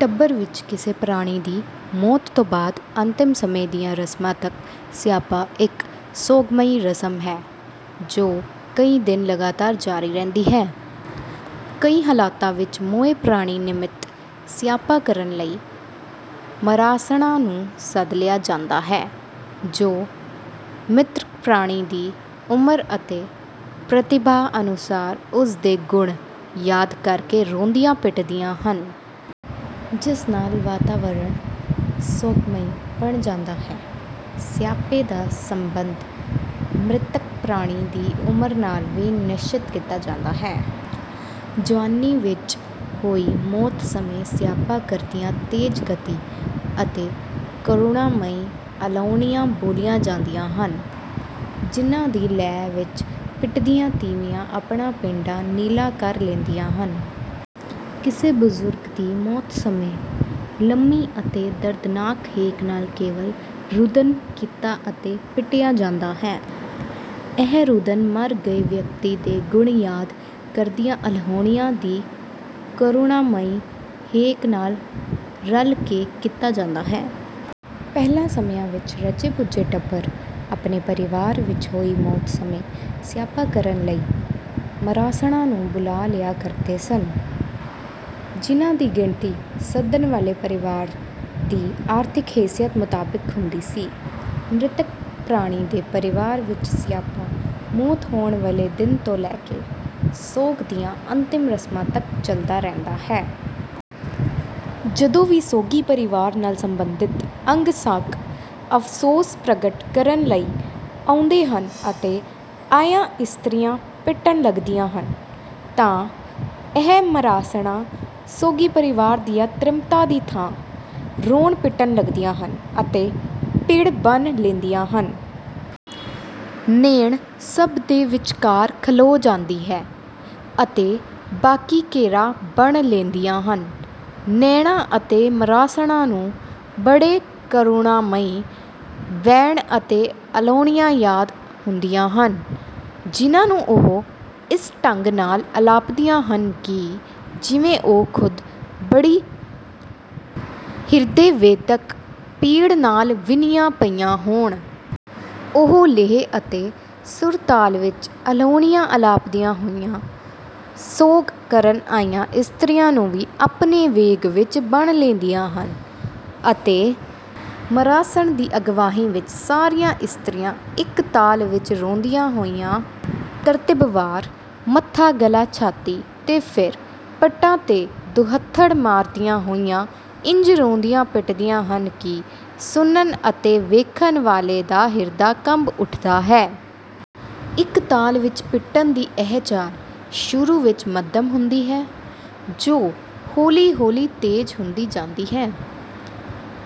ਟੱਬਰ ਵਿੱਚ ਕਿਸੇ ਪ੍ਰਾਣੀ ਦੀ ਮੌਤ ਤੋਂ ਬਾਅਦ ਅੰਤਿਮ ਸਮੇਂ ਦੀਆਂ ਰਸਮਾਂ ਤੱਕ 'ਸਿਆਪਾ' ਇੱਕ ਸੋਗਮਈ ਰਸਮ ਹੈ ਜੋ ਕਈ ਦਿਨ ਲਗਾਤਾਰ ਜਾਰੀ ਰਹਿੰਦੀ ਹੈ। ਕਈ ਹਾਲਾਤਾਂ ਵਿੱਚ ਮੋਏ ਪ੍ਰਾਣੀ ਨਿਮਿਤ ਸਿਆਪਾ ਕਰਨ ਲਈ ਮਰਾਸਣਾਂ ਨੂੰ ਸੱਦ ਲਿਆ ਜਾਂਦਾ ਹੈ ਜੋ ਮ੍ਰਿਤਕ ਪ੍ਰਾਣੀ ਦੀ ਉਮਰ ਅਤੇ ਪ੍ਰਤਿਭਾ ਅਨੁਸਾਰ, ਉਸ ਦੇ ਗੁਣ ਯਾਦ ਕਰ ਕੇ ਰੋਂਦੀਆਂ ਪਿੱਟਦੀਆਂ ਹਨ। ਜਿਸ ਨਾਲ ਵਾਤਾਵਰਨ ਸੋਗਮਈ ਬਣ ਜਾਂਦਾ ਹੈ। ਸਿਆਪੇ ਦਾ ਸੰਬੰਧ ਮ੍ਰਿਤਕ ਪ੍ਰਾਣੀ ਦੀ ਉਮਰ ਨਾਲ ਵੀ ਨਿਸ਼ਚਿਤ ਕੀਤਾ ਜਾਂਦਾ ਹੈ। ਜੁਆਨੀ ਵਿੱਚ ਹੋਈ ਮੌਤ ਸਮੇਂ ਸਿਆਪਾ ਕਰਦਿਆਂ ਤੇਜ਼ ਗਤੀ ਅਤੇ ਕਰੁਣਾਮਈ ਅਲਾਹੁਣੀਆਂ ਬੋਲੀਆਂ ਜਾਂਦੀਆਂ ਹਨ, ਜਿਨ੍ਹਾਂ ਦੀ ਲੈਅ ਵਿੱਚ ਪਿੱਟਦੀਆਂ ਤੀਵੀਆਂ ਆਪਣਾ ਪਿੰਡਾ ਨੀਲਾ ਕਰ ਲੈਂਦੀਆਂ ਹਨ। ਕਿਸੇ ਬਜ਼ੁਰਗ ਦੀ ਮੌਤ ਸਮੇਂ ਲੰਮੀ ਅਤੇ ਦਰਦਨਾਕ ਹੇਕ ਨਾਲ ਕੇਵਲ ਰੁਦਨ ਕੀਤਾ ਅਤੇ ਪਿੱਟਿਆ ਜਾਂਦਾ ਹੈ। ਇਹ ਰੁਦਨ ਮਰ ਗਏ ਵਿਅਕਤੀ ਦੇ ਗੁਣ ਯਾਦ ਕਰਦਿਆਂ ਅਲਾਹੁਣੀਆਂ ਦੀ ਕਰੁਣਾਮਈ ਹੇਕ ਨਾਲ ਰਲ ਕੇ ਕੀਤਾ ਜਾਂਦਾ ਹੈ। ਪਹਿਲੇ ਸਮਿਆਂ ਵਿੱਚ ਰੱਜੇ-ਪੁੱਜੇ ਟੱਬਰ ਆਪਣੇ ਪਰਿਵਾਰ ਵਿੱਚ ਹੋਈ ਮੌਤ ਸਮੇਂ ਸਿਆਪਾ ਕਰਨ ਲਈ ਮਰਾਸਣਾਂ ਨੂੰ ਬੁਲਾ ਲਿਆਇਆ ਕਰਦੇ ਸਨ। ਜਿਨ੍ਹਾਂ ਦੀ ਗਿਣਤੀ ਸੱਦਣ ਵਾਲੇ ਪਰਿਵਾਰ ਦੀ ਆਰਥਿਕ ਹੈਸੀਅਤ ਮੁਤਾਬਕ ਹੁੰਦੀ ਸੀ। ਮ੍ਰਿਤਕ ਪ੍ਰਾਣੀ ਦੇ ਪਰਿਵਾਰ ਵਿੱਚ ਸਿਆਪਾ, ਮੌਤ ਹੋਣ ਵਾਲੇ ਦਿਨ ਤੋਂ ਲੈ ਕੇ ਸੋਗ ਦੀਆਂ ਅੰਤਿਮ ਰਸਮਾਂ ਤੱਕ ਚੱਲਦਾ ਰਹਿੰਦਾ ਹੈ। ਜਦੋਂ ਵੀ ਸੋਗੀ ਪਰਿਵਾਰ ਨਾਲ ਸੰਬੰਧਿਤ ਅੰਗ-ਸਾਕ ਅਫ਼ਸੋਸ ਪ੍ਰਗਟ ਕਰਨ ਲਈ ਆਉਂਦੇ ਹਨ ਅਤੇ ਆਈਆਂ ਇਸਤਰੀਆਂ ਪਿੱਟਣ ਲੱਗਦੀਆਂ ਹਨ ਤਾਂ ਇਹ ਮਰਾਸਣਾਂ, ਸੋਗੀ ਪਰਿਵਾਰ ਦੀਆਂ ਤ੍ਰੀਮਤਾਂ ਦੀ ਥਾਂ ਰੋਣ-ਪਿੱਟਣ ਲੱਗਦੀਆਂ ਹਨ ਅਤੇ ਪਿੜ ਬੰਨ੍ਹ ਲੈਂਦੀਆਂ ਹਨ। ਨੈਣ ਸਭ ਦੇ ਵਿਚਕਾਰ ਖਲੋ ਜਾਂਦੀ ਹੈ ਅਤੇ ਬਾਕੀ ਘੇਰਾ ਬੰਨ੍ਹ ਲੈਂਦੀਆਂ ਹਨ। ਨੈਣਾਂ ਅਤੇ ਮਰਾਸਣਾਂ ਨੂੰ ਬੜੇ ਕਰੁਣਾਮਈ ਵੈਣ ਅਤੇ ਅਲਾਹੁਣੀਆਂ ਯਾਦ ਹੁੰਦੀਆਂ ਹਨ ਜਿਨ੍ਹਾਂ ਨੂੰ ਉਹ ਇਸ ਢੰਗ ਨਾਲ ਅਲਾਪਦੀਆਂ ਹਨ ਕਿ ਜਿਵੇਂ ਉਹ ਖ਼ੁਦ ਬੜੀ ਹਿਰਦੇਵੇਦਕ ਪੀੜ ਨਾਲ ਵਿੰਨ੍ਹੀਆਂ ਪਈਆਂ ਹੋਣ। ਉਹ ਲੈਅ ਅਤੇ ਸੁਰ-ਤਾਲ ਵਿੱਚ ਅਲਾਹੁਣੀਆਂ ਅਲਾਪਦੀਆਂ ਹੋਈਆਂ ਸੋਗ ਕਰਨ ਆਈਆਂ ਇਸਤਰੀਆਂ ਨੂੰ ਵੀ ਆਪਣੇ ਵੇਗ ਵਿੱਚ ਬੰਨ੍ਹ ਲੈਂਦੀਆਂ ਹਨ ਅਤੇ ਮਰਾਸਣ ਦੀ ਅਗਵਾਈ ਵਿੱਚ ਸਾਰੀਆਂ ਇਸਤਰੀਆਂ ਇੱਕ ਤਾਲ ਵਿੱਚ ਰੋਂਦੀਆਂ ਹੋਈਆਂ ਤਰਤੀਬਵਾਰ, ਮੱਥਾ, ਗੱਲ੍ਹਾਂ, ਛਾਤੀ ਤੇ ਫਿਰ ਪੱਟਾਂ ਤੇ ਦੁਹੱਥੜ ਮਾਰਦੀਆਂ ਹੋਈਆਂ ਇੰਝ ਰੋਂਦੀਆਂ ਪਿੱਟਦੀਆਂ ਹਨ ਕਿ ਸੁਣਨ ਅਤੇ ਵੇਖਣ ਵਾਲੇ ਦਾ ਹਿਰਦਾ ਕੰਬ ਉੱਠਦਾ ਹੈ। ਇੱਕ ਤਾਲ ਵਿੱਚ ਪਿੱਟਣ ਦੀ ਇਹ ਚਾਲ ਸ਼ੁਰੂ ਵਿੱਚ ਮੱਧਮ ਹੁੰਦੀ ਹੈ ਜੋ ਹੌਲੀ-ਹੌਲੀ ਤੇਜ਼ ਹੁੰਦੀ ਜਾਂਦੀ ਹੈ।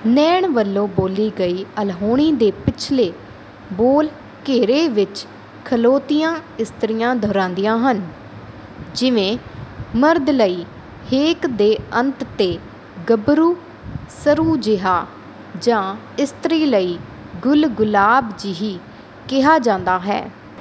ਨੈਣ ਵੱਲੋਂ ਬੋਲੀ ਗਈ ਅਲਾਹੁਣੀ ਦੇ ਪਿਛਲੇ ਬੋਲ ਘੇਰੇ ਵਿੱਚ ਖਲੋਤੀਆਂ ਇਸਤਰੀਆਂ ਦੁਹਰਾਉਂਦੀਆਂ ਹਨ। ਜਿਵੇਂ ਮਰਦ ਲਈ ਹੇਕ ਦੇ ਅੰਤ 'ਤੇ 'ਗੱਭਰੂ ਸਰੂ ਜਿਹਾ' ਜਾਂ ਇਸਤਰੀ ਲਈ 'ਗੁੱਲ ਗੁਲਾਬ ਜਿਹੀ' ਕਿਹਾ ਜਾਂਦਾ ਹੈ।